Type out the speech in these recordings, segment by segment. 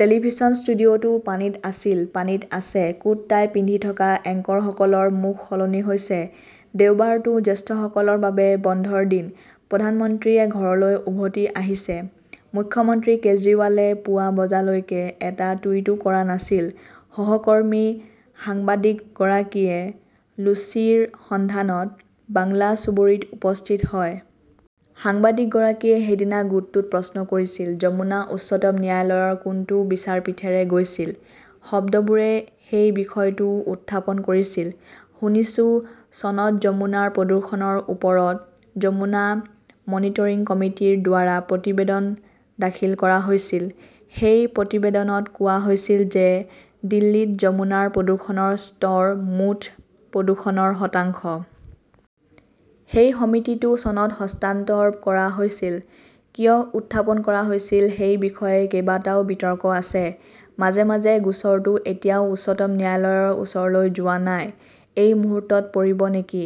Television studio 'টো পানীত আছিল। পানীত আছে। কোট-টাই পিন্ধি থকা এংকৰসকলৰ মুখ সলনি হৈছে। দেওবাৰটো জ্যেষ্ঠসকলৰ বাবে বন্ধৰ দিন। প্ৰধানমন্ত্ৰীয়ে ঘৰলৈ উভতি আহিছে। মুখ্যমন্ত্ৰী কেজৰিৱালে পুৱা বজালৈকে এটা টুইটও কৰা নাছিল। সহকৰ্মী সাংবাদিকগৰাকীয়ে লুচিৰ সন্ধানত বাংলা চুবুৰীত উপস্থিত হয়। সাংবাদিকগৰাকীয়ে সেইদিনা গোটটোত প্ৰশ্ন কৰিছিল, যমুনা উচ্চতম ন্যায়ালয়ৰ কোনটো বিচাৰপীঠেৰে গৈছিল? শব্দবোৰে সেই বিষয়টোও উত্থাপন কৰিছিল। শুনিছোঁ, চনত যমুনাৰ প্ৰদূষণৰ ওপৰত 'যমুনা মনিটৰিং কমিটি " ৰ দ্বাৰা প্ৰতিবেদন দাখিল কৰা হৈছিল। সেই প্ৰতিবেদনত কোৱা হৈছিল যে দিল্লীত যমুনাৰ প্ৰদূষণৰ স্তৰ মুঠ প্ৰদূষণৰ শতাংশ। সেই সমিতিটো চনত হস্তান্তৰ কৰা হৈছিল। কিয় উত্থাপন কৰা হৈছিল সেই বিষয়ে কেইবাটাও বিতৰ্ক আছে। মাজে মাজে গোচৰটো এতিয়াও উচ্চতম ন্যায়ালয়ৰ ওচৰলৈ যোৱা নাই। এই মুহূৰ্তত পৰিব নেকি?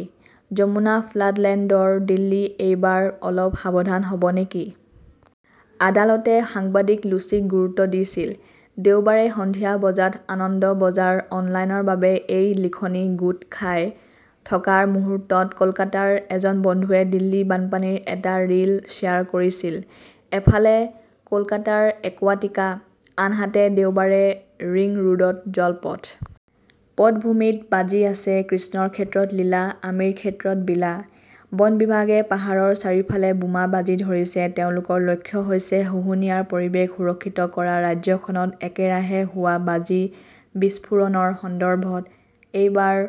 যমুনা ফ্লাডল্যান্ডৰ দিল্লী এইবাৰ অলপ সাৱধান হ "ব নেকি? আদালতে সাংবাদিক লুচিক গুৰুত্ব দিছিল। দেওবাৰে সন্ধিয়া বজাত আনন্দ বজাৰ অনলাইনৰ বাবে এই লিখনি গোট খাই থকাৰ মুহূৰ্তত কলকাতাৰ এজন বন্ধুৱে দিল্লী বানপানীৰ এটা 'ৰীল "শ্বেয়াৰ কৰিছিল। এফালে কলকাতাৰ একুৱাটিকা। আনহাতে দেওবাৰে ৰিং ৰোডত জলপথ। পটভূমিত বাজি আছে, 'কৃষ্ণৰ ক্ষেত্ৰত লীলা, আমিৰ ক্ষেত্ৰত বিলা? '। বন বিভাগে পাহাৰৰ চাৰিওফালে 'বোমা "বাজি ধৰিছে, তেওঁলোকৰ লক্ষ্য হৈছে শুশুনিয়াৰ পৰিৱেশ সুৰক্ষিত কৰা ৰাজ্যখনত একেৰাহে হোৱা বাজি বিস্ফোৰণৰ সন্দৰ্ভত এইবাৰ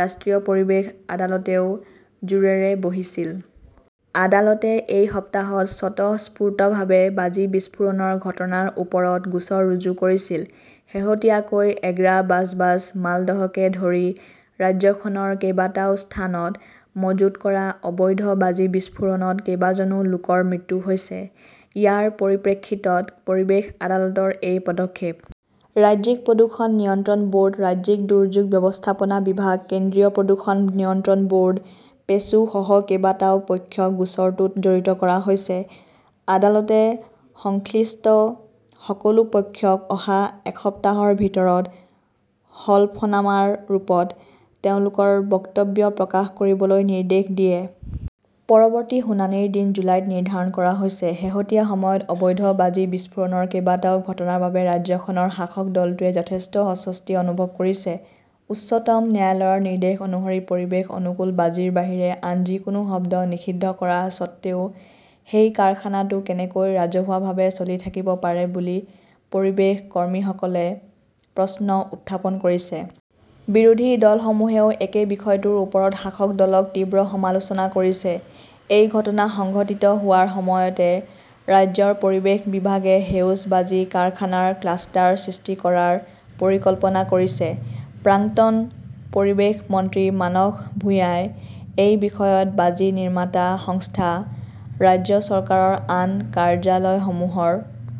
ৰাষ্ট্ৰীয় পৰিৱেশ আদালতেও জোৰেৰে বহিছিল। আদালতে এই সপ্তাহত স্বতঃস্ফূৰ্তভাৱে বাজি বিস্ফোৰণৰ ঘটনাৰ ওপৰত গোচৰ ৰুজু কৰিছিল। শেহতীয়াকৈ, এগ্ৰা, বাজবাজ, মালদহকে ধৰি ৰাজ্যখনৰ কেইবাটাও স্থানত মজুত কৰা অবৈধ বাজি বিস্ফোৰণত কেইবাজনো লোকৰ মৃত্যু হৈছে। ইয়াৰ পৰিপ্ৰেক্ষিতত পৰিৱেশ আদালতৰ এই পদক্ষেপ। ৰাজ্যিক প্ৰদূষণ নিয়ন্ত্ৰণ ব "ৰ্ড, ৰাজ্যিক দুৰ্যোগ ব্যৱস্থাপনা বিভাগ, কেন্দ্ৰীয় প্ৰদূষণ নিয়ন্ত্ৰণ ব" ৰ্ড, পেছো সহ কেইবাটাও পক্ষক গোচৰটোত জড়িত কৰা হৈছে। আদালতে সংশ্লিষ্ট সকলো পক্ষক অহা এসপ্তাহৰ ভিতৰত হলফনামাৰ ৰূপত তেওঁলোকৰ বক্তব্য প্ৰকাশ কৰিবলৈ নিৰ্দেশ দিয়ে। পৰৱৰ্তী শুনানিৰ দিন জুলাইত নিৰ্ধাৰণ কৰা হৈছে। শেহতীয়া সময়ত অবৈধ বাজি বিস্ফোৰণৰ কেইবাটাও ঘটনাৰ বাবে ৰাজ্যখনৰ শাসক দলটোৱে যথেষ্ট অস্বস্তি অনুভৱ কৰিছে। উচ্চতম ন্যায়ালয়ৰ নিৰ্দেশ অনুসৰি পৰিৱেশ অনুকূল বাজিৰ বাহিৰে আন যিকোনো শব্দ নিষিদ্ধ কৰা স্বত্বেও সেই কাৰখানাটো কেনেকৈ ৰাজহুৱাভাৱে চলি থাকিব পাৰে বুলি পৰিৱেশ কৰ্মীসকলে প্ৰশ্ন উত্থাপন কৰিছে। বিৰোধী দলসমূহেও একে বিষয়টোৰ ওপৰত শাসক দলক তীব্ৰ সমালোচনা কৰিছে। এই ঘটনা সংঘটিত হোৱাৰ সময়তে ৰাজ্যৰ পৰিৱেশ বিভাগে সেউজ বাজি কাৰখানাৰ ক্লাষ্টাৰ সৃষ্টি কৰাৰ পৰিকল্পনা কৰিছে। প্ৰাক্তন পৰিৱেশ মন্ত্ৰী মানস ভুঁইয়াই এই বিষয়ত বাজি নিৰ্মাতা সংস্থা, ৰাজ্য চৰকাৰৰ আন কাৰ্যালয়সমূহৰ